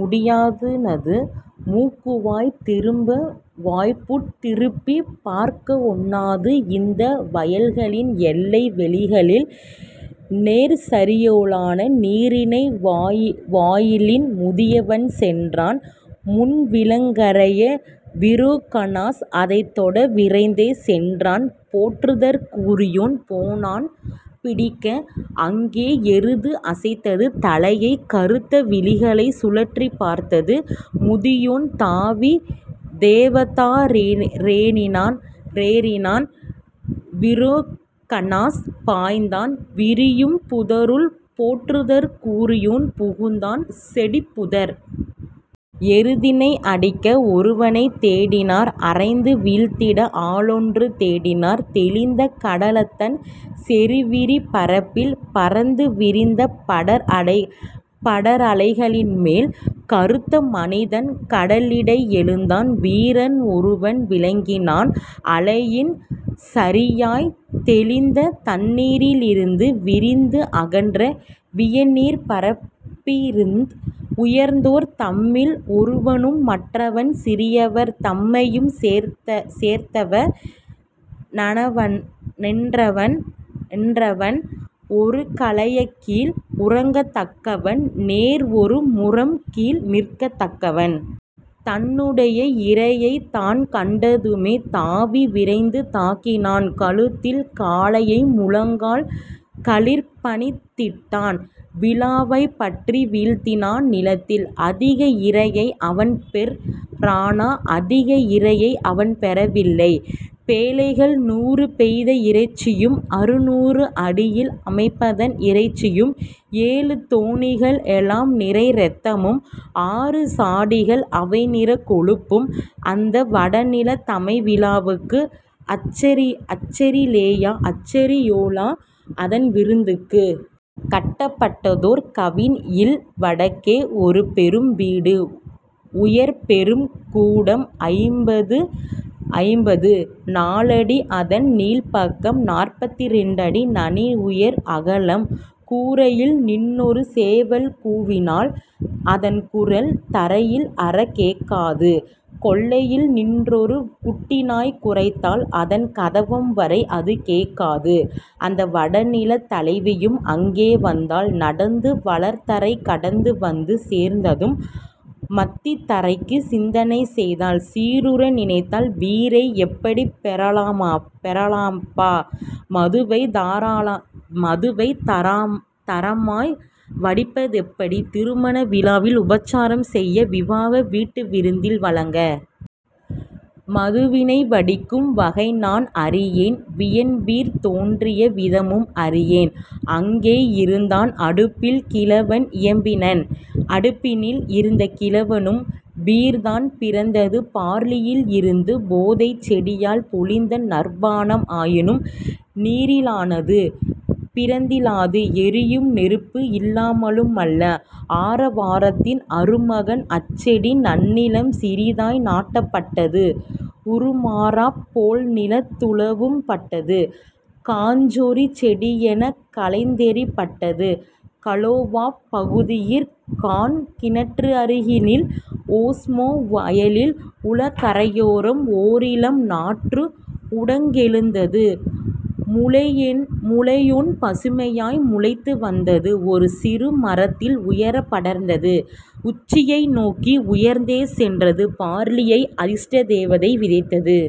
முடியாதுனது மூக்குவாய் திருப்ப வாய்ப்புட் திருப்பிப் பார்க்கவொண்ணாது இந்த வயல்களின் எல்லை வெளிகளில் நேர்சரியோலான நீரிணை வாயிலில். முதியவன் சென்றான் முன்விலங்கறைய விரோகனாஸ் அதைத்தொட விரைந்தே சென்றான் போற்றுதற்குரியோன் போனான் பிடிக்க: அங்கே எருது அசைத்தது தலையை கறுத்த விழிகளைச் சுழற்றிப் பார்த்தது; முதியோன் தாவித் தேவதாரேறினான் ரேறினான் விரோகன்னாஸ் பாய்ந்தான் விரியும் புதருள் போற்றுதற்குரியோன் புகுந்தான் செடிப்புதர். எருதினை அடிக்க ஒருவனைத் தேடினார் அறைந்து வீழ்த்திட ஆளொன்று தேடினர் தெளிந்த கடலதன் செறிவிரி பரப்பில் பரந்து விரிந்த படரலைகளின்மேல். கறுத்த மனிதன் கடலிடை எழுந்தான் வீரன் ஒருவன் விளங்கினான் அலையில் சரியாய்த் தெளிந்த தண்ணீரிருந்து விரிந்து அகன்ற வியநீர்ப்பரப்பிருந் உயர்ந்தோர் தம்மில் ஒருவனு மன்றவன் சிறியவர் தம்மையும் சேர்ந்தவ னன்றவன் னன்றவன் ஒருகலயக்கீழ் உறங்கத்தக்கவன் நேர்ஒரு முறம்கீழ் நிற்கத்தக்கவன். தன்னுடை இரையைத் தான்கண்டதுமே தாவி விரைந்து தாக்கினான் கழுத்தில் காளையை முழங்கால் களிற்பணித்திட்டான் விலாவைப் பற்றி வீழ்த்தினான் நிலத்தில். அதிக இரையை அவன்பெற் றானா அதிக இரையை அவன்பெற வில்லை: பேழைகள் நூறு பெய்த இறைச்சியும் அறுநூறு அடியில் அமைபதன் இறைச்சியும் ஏழு தோணிகள் எலாம்நிறை இரத்தமும் ஆறு சாடிகள் அவைநிறை கொழுப்பும் அந்த வடநிலத் தமைவிழாவுக்கு அச்சரிஅச்சரியோலா அதன்விருந்துக்கு. கட்டப்பட்டதோர் கவின்இல் வடக்கே ஒருபெரும் வீடு உயர்பெரும் கூடம் ஐம்பத்து நாலடி அதன்நீள்பக்கம் நாற்பத்திரண்டடி நனிஉயர் அகலம் கூரையில் நின்றொரு சேவல் கூவினால் அதன்குரல் தரையில் அறக்கேட்காது கொல்லையில் நின்றொரு குட்டிநாய் குரைத்தால் அதன்கதவம்வரை அதுகேட்காது. அந்த வடநிலத் தலைவியும் அங்கே வந்தாள் நடந்து வளர்தரை கடந்து வந்து சேர்ந்ததும் மத்தித்தரைக்கு சிந்தனை செய்தாள் சீருற நினைத்தாள் பீரை எப்படிப் பெறலாமபெறலாமப்பா மதுவை மதுவைத் தரமாய் வடிப்பதெப்படி திருமண விழாவில் உபசாரம்செய விவாக வீட்டுவிருந்தில் வழங்க? மதுவினை வடிக்கும் வகைநான் அறியேன் வியன்பீர் தோன்றிய விதமும் அறியேன். அங்கே இருந்தான் அடுப்பில் கிழவன் இயம்பினன் அடுப்பினில் இருந்த கிழவனும்: பீர்தான் பிறந்தது பார்லியில் இருந்து போதைச் செடியால் பொலிந்த நற்பானம் ஆயினும் நீரிலானது பிறந்திலாது எரியும் நெருப்பு இலாமலுமல்ல. ஆரவாரத்தின் அருமகன் அச்செடி நன்னிலம் சிறிதாய் நாட்டப்பட்டது உறுமராப் போல்நிலத் துழவும்பட்டது காஞ்சொறிச் செடியெனக் களைந்தெறிபட்டது கலோவாப் பகுதியிற் காண்கிணற்றருகினில் ஒஸ்மோ வயலின் உளகரையோரம்; ஓரிளம் நாற்று உடங்கெழுந்தது முளையொன்பசுமையாய் முளைத்து வந்தது ஒருசிறு மரத்தில் உயரப் படர்ந்தது உச்சியை நோக்கி உயர்ந்தே சென்றது. பார்லியை அதிர்ஷ்டத்தேவதை விதைத்தது